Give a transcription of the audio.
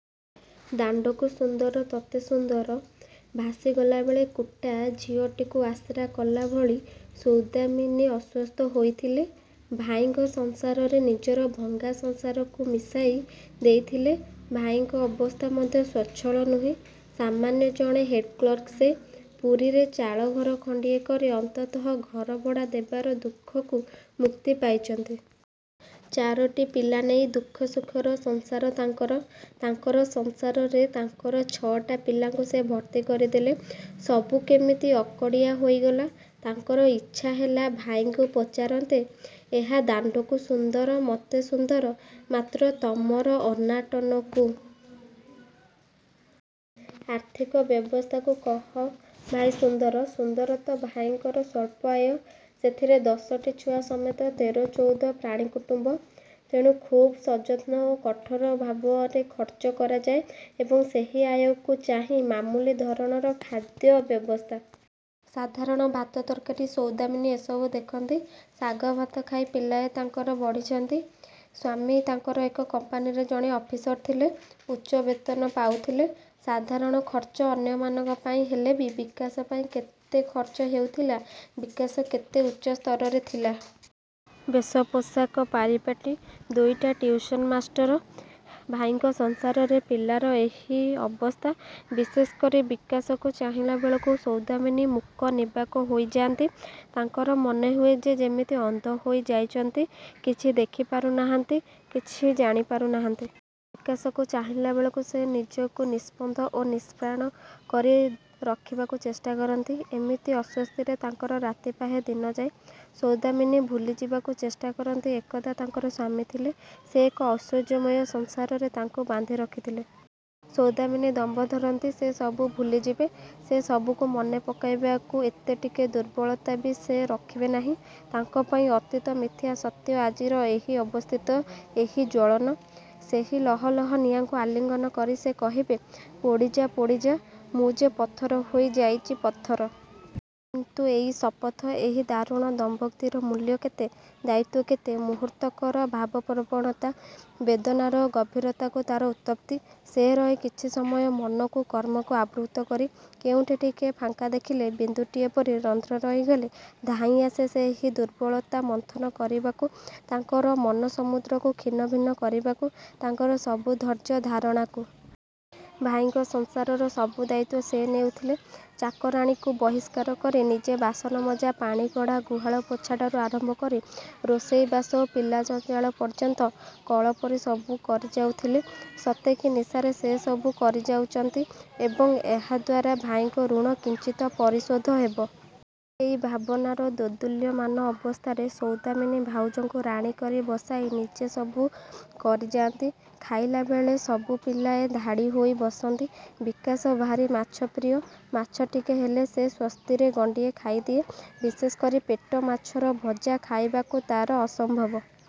ଦାଣ୍ଡକୁ ସୁନ୍ଦର, ତତେ ସୁନ୍ଦର। ଭାସିଗଲା ବେଳେ କୁଟା ଖିଅଟିକୁ ଆଶ୍ରା କଲାଭଳି ସୌଦାମିନୀ ଆଶ୍ଵସ୍ତ ହୋଇଥିଲେ । ଭାଇଙ୍କ ସଂସାରରେ ନିଜର ଭଙ୍ଗା ସଂସାରକୁ ମିଶାଇ ଦେଇଥିଲେ। ଭାଇଙ୍କ ଅବସ୍ଥା ମଧ୍ୟ ସ୍ୱଚ୍ଛଳ ନୁହେଁ। ସାମାନ୍ୟ ଜଣେ ହେଡ଼କ୍ଲର୍କ ସେ। ପୁରୀରେ ଚାଳଘର ଖଣ୍ଡିଏ କରି ଅନ୍ତତଃ ଘରଭଡ଼ା ଦେବାର ଦୁଃଖକୁ ମୁକ୍ତି ପାଇଚନ୍ତି। ଚାରୋଟି ପିଲା ନେଇ ଦୁଃଖ, ସୁଖର ସଂସାର ତାଙ୍କର। ତାଙ୍କର ସଂସାରରେ, ତାଙ୍କର ଛ ଟା ପିଲାଙ୍କୁ ସେ ଭର୍ତ୍ତି କରିଦେଲେ। ସବୁ କେମିତି ଅକଡ଼ିଆ ହୋଇଗଲା। ତାଙ୍କର ଇଚ୍ଛା ହେଲା ଭାଇଙ୍କୁ ପଚାରନ୍ତେ ଏହା ଦାଣ୍ଡକୁ ସୁନ୍ଦର, ମତେ ସୁନ୍ଦର, ମାତ୍ର ତମର ଅନାଟନକୁ? ଆର୍ଥିକ ଅବସ୍ଥାକୁ, କହ ଭାଇ ସୁନ୍ଦର? ସୁନ୍ଦର ତ? ଭାଇଙ୍କର ସ୍ୱଳ୍ପ ଆୟ। ସେଥିରେ ଦଶଟି ଛୁଆ ସମେତ ତେର, ଚଉଦ ପ୍ରାଣୀ କୁଟୁମ୍ବ। ତେଣୁ ଖୁବ୍ ସଯତ୍ନ ଓ କଠୋର ଭାବରେ ଖର୍ଚ୍ଚ କରାଯାଏ ଏବଂ ସେହି ଆୟକୁ ଚାହିଁ ମାମୁଲି ଧରଣର ଖାଦ୍ୟ ବ୍ୟବସ୍ଥା। ସାଧାରଣ ଭାତ, ତରକାରୀ। ସୌଦାମିନୀ ଏସବୁ ଦେଖନ୍ତି। ଶାଗ, ଭାତ ଖାଇ ପିଲାଏ ତାଙ୍କର ବଢ଼ୁଚନ୍ତି। ସ୍ୱାମୀ ତାଙ୍କର ଏକ କମ୍ପାନୀରେ ଜଣେ ଅଫିସର ଥିଲେ। ଉଚ୍ଚ ବେତନ ପାଉଥିଲେ। ସାଧାରଣ ଖର୍ଚ୍ଚ ଅନ୍ୟମାନଙ୍କ ପାଇଁ ହେଲେ ବି ବିକାଶ ପାଇଁ କେତେ ଖର୍ଚ୍ଚ ହେଉଥିଲା, ବିକାଶ କେତେ ଉଚ୍ଚ ସ୍ତରରେ ଥିଲା। ବେଶ, ପୋଷାକ, ପରିପାଟୀ। ଦୁଇଟା ଟିଉସନ ମାଷ୍ଟର। ଭାଇଙ୍କ ସଂସାରରେ ପିଲାଙ୍କର ଏହି ଅବସ୍ଥା। ବିଶେଷ କରି ବିକାଶକୁ ଚାହିଁଲାବେଳକୁ ସୌଦାମିନୀ ମୂକ ନିର୍ବାକ୍ ହୋଇ ଯାଆନ୍ତି। ତାଙ୍କର ମନେହୁଏ ସେ ଯେମିତି ଅନ୍ଧ ହୋଇ ଯାଇଚନ୍ତି କିଛି ଦେଖି ପାରୁ ନାହାନ୍ତି, କିଛି ଜାଣିପାରୁ ନାହାନ୍ତି। ବିକାଶକୁ ଚାହିଁଲାବେଳକୁ ସେ ନିଜକୁ ନିସ୍ପନ୍ଦ ଓ ନିଷ୍ପ୍ରାଣ କରି ରଖିବାକୁ ଚେଷ୍ଟା କରନ୍ତି। ଏମିତି ଅସ୍ଵସ୍ତିରେ ତାଙ୍କର ରାତି ପାହେ, ଦିନ ଯାଏ। ସୌଦାମିନୀ ଭୁଲି ଯିବାକୁ ଚେଷ୍ଟା କରନ୍ତି ଏକଦା ତାଙ୍କର ସ୍ୱାମୀ ଥିଲେ। ସେ ଏକ ଐଶ୍ୱର୍ଯ୍ୟମୟ ସଂସାରରେ ତାଙ୍କୁ ବାନ୍ଧି ରଖିଥିଲେ। ସୌଦାମିନୀ ଦମ୍ଭ ଧରନ୍ତି ସେ ସବୁ ଭୁଲି ଯିବେ। ସେ ସବୁକୁ ମନେପକେଇବାକୁ ଏତେ ଟିକେ ଦୁର୍ବଳତା ବି ସେ ରଖିବେ ନାହିଁ। ତାଙ୍କ ପାଇଁ ଅତୀତ ମିଥ୍ୟା, ସତ୍ୟ ଆଜିର ଏହି ଅବସ୍ଥିତ, ଏହି ଜ୍ଵଳନ। ସେହି ଲହ ଲହ ନିଆଁକୁ ଆଲିଙ୍ଗନ କରି ସେ କହିବେ, ପୋଡ଼ି ଯା ପୋଡ଼ି ଯା, ମୁଁ ଯେ ପଥର ହୋଇ ଯାଇଚି, ପଥର । କିନ୍ତୁ ଏଇ ଶପଥ, ଏହି ଦାରୁଣ ଦମ୍ଭୋକ୍ତିର ମୂଲ୍ୟ କେତେ? ଦାୟିତ୍ୱ କେତେ? ମୁହୂର୍ତ୍ତକର ଭାବପ୍ରବଣତା, ବେଦନାର ଗହୀରତାରୁ ତାର ଉତ୍ପତ୍ତି। ସେ ରହେ କିଛି ସମୟ ମନକୁ, କର୍ମକୁ ଆବୃତ୍ତ କରି, କେଉଁଠି ଟିକେ ଫାଙ୍କ ଦେଖିଲେ ବିନ୍ଦୁଟିଏ ପରି ରନ୍ଧ୍ର ରହିଗଲେ ଧାଇଁଆସେ ସେହି ଦୁର୍ବଳତା ମନ୍ଥନ କରିବାକୁ ତାଙ୍କର ମନସମୁଦ୍ରକୁ ଖିନଭିନ୍ କରିବାକୁ, ତାଙ୍କର ସବୁ ଧୈର୍ଯ୍ୟ ଧାରଣାକୁ। ଭାଇଙ୍କ ସଂସାରର ସବୁ ଦାୟିତ୍ୱ ସେ ନେଇଥିଲେ। ଚାକରାଣୀକୁ ବହିଷ୍କାର କରି ନିଜେ ବାସନମଜା, ପାଣିକଢ଼ା, ଗୁହାଳ ପୋଛାଠାରୁ ଆରମ୍ଭ କରି ରୋଷେଇବାସ ଓ ପିଲା ଜଞ୍ଜାଳ ପର୍ଯ୍ୟନ୍ତ କଳ ପରି ସବୁ କରି ଯାଉଥିଲେ। ସତେ କି ନିଶାରେ ସେ ସବୁ କରିଯାଉଚନ୍ତି ଏବଂ ଏହାଦ୍ୱାରା ଭାଇଙ୍କ ଋଣ କିଞ୍ଚିତ ପରିଶୋଧ ହେବ। ଏଇ ଭାବନାର ଦୋଦୁଲ୍ୟମାନ ଅବସ୍ଥାରେ ସୌଦାମିନୀ ଭାଉଜଙ୍କୁ ରାଣୀ କରି ବସାଇ ନିଜେ ସବୁ କରିଯାନ୍ତି। ଖାଇଲାବେଳେ ସବୁ ପିଲାଏ ଧାଡ଼ି ହୋଇ ବସନ୍ତି। ବିକାଶ ଭାରି ମାଛପ୍ରିୟ, ମାଛ ଟିକିଏ ହେଲେ ସେ ସ୍ୱସ୍ତିରେ ଗଣ୍ଡିଏ ଖାଇଦିଏ। ବିଶେଷ କରି ପେଟ ମାଛର ଭଜା ଖାଇବାକୁ ତାର ଅସମ୍ଭବ